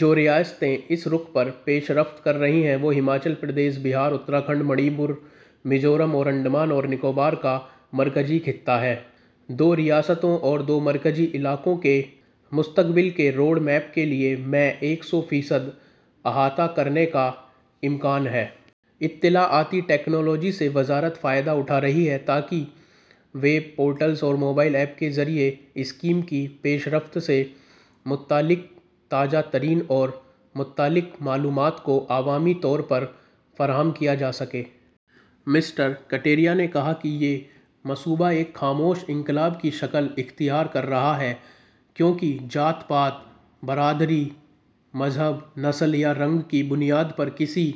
جو ریاستیں اس رُخ پر پیش رفت کررہی ہیں وہ ہماچل پردیش، بہار، اتراکھنڈ، منی پور، میزورم اور انڈمان اور نکوبار کا مرکزی خطہ ہے۔ دو ریاستوں اور دو مرکزی علاقوں کے مستقبل کے روڈ میپ کے لئے میں ایک سو فیصد احاطہ کرنے کا امکان ہے۔ اطلاعاتی ٹکنالوجی سے وزارت فائدہ اٹھا رہی ہے تاکہ ویب پورٹلز اور موبائل ایپس کے ذریعے اسکیم کی پیش رفت سے متعلق تازہ ترین اور متعلقہ معلومات کو عوامی طور پر فراہم کیا جاسکے۔ مسٹر کٹیریا نے کہا کہ یہ منصوبہ ایک خاموش انقلاب کی شکل اختیار کر رہا ہے کیونکہ ذات پات، برادری، مذہب، نسل یا رنگ کی بنیاد پر کسی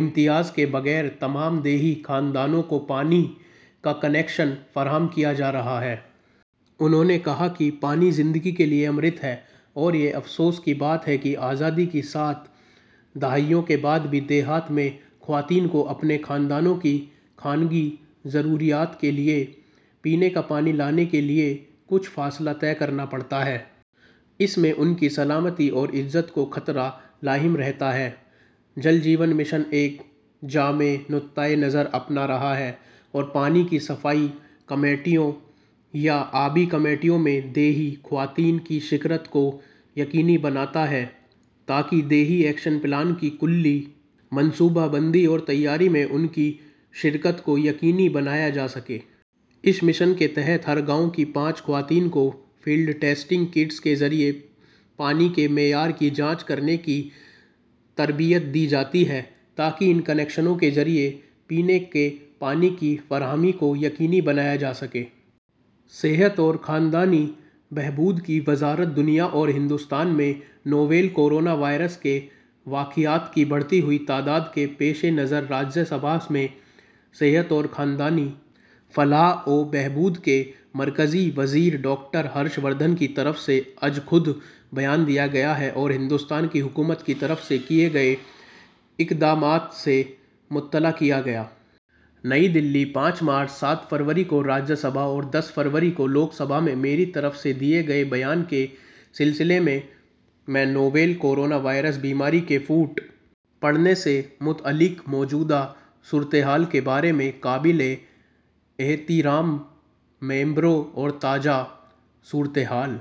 امتیاز کے بغیر تمام دیہی خاندانوں کو پانی کا کنکشن فراہم کیا جارہا ہے۔ انہوں نے کہا کہ پانی زندگی کیلئے امرت ہے اور یہ افسوس کی بات ہے کہ آزادی کی سات دہائیوں کے بعد بھی دیہات میں خواتین کو اپنے کنبوں کی خانگی ضروریات کے لئے پینے کا پانی لانے کے لئے کچھ فاصلہ طے کرنا پڑتا ہے۔ اس سے ان کی سلامتی اور عزت کو خطرہ لاحق رہتا ہے۔ جل جیون مشن ایک جامع نقطہ نظر اپنا رہا ہے اور پانی کی صفائی کمیٹیوں یا آبی کمیٹیوں میں دیہی خواتین کی شرکت کو یقینی بناتا ہے تاکہ دیہی ایکشن پلان کی مجموعی منصوبہ بندی اور تیاری میں ان کی شرکت کو یقینی بنایا جاسکے۔ اس مشن کے تحت ہر گاؤں کی پانچ خواتین کو فیلڈ ٹیسٹنگ کٹس کے ذریعے پانی کے معیار کی جانچ کرنے کی تربیت دی جاتی ہے تاکہ ان کنکشنوں کے ذریعے پینے کے پانی کی فراہمی کو یقینی بنایا جاسکے۔ صحت اور خاندانی بہبود کی وزارت دنیا اور ہندوستان میں نوویل کورونا وائرس کے واقعات کی بڑھتی ہوئی تعداد کے پیش نظر راجیہ سبھا میں صحت اور خاندانی فلاح و بہبود کے مرکزی وزیر ڈاکٹر ہرش وردھن کی طرف سے ازخود بیان دیا گیا اور ہندوستان کی حکومت کی طرف سے کئے گئے اقدامات سے مطلع کیا گیا۔ نئی دہلی، پانچ مارچ، سات فروری کو راجیہ سبھا اور اور دس فروری کو لوک سبھا میں میری طرف سے دیئے گئے بیان کے تسلسل میں، میں نوویل کورونا وائرس بیماری کے پھوٹ پڑنے سے متعلق موجودہ صورتحال کے بارے میں قابل احترام ممبروں کو تازہ صورتحال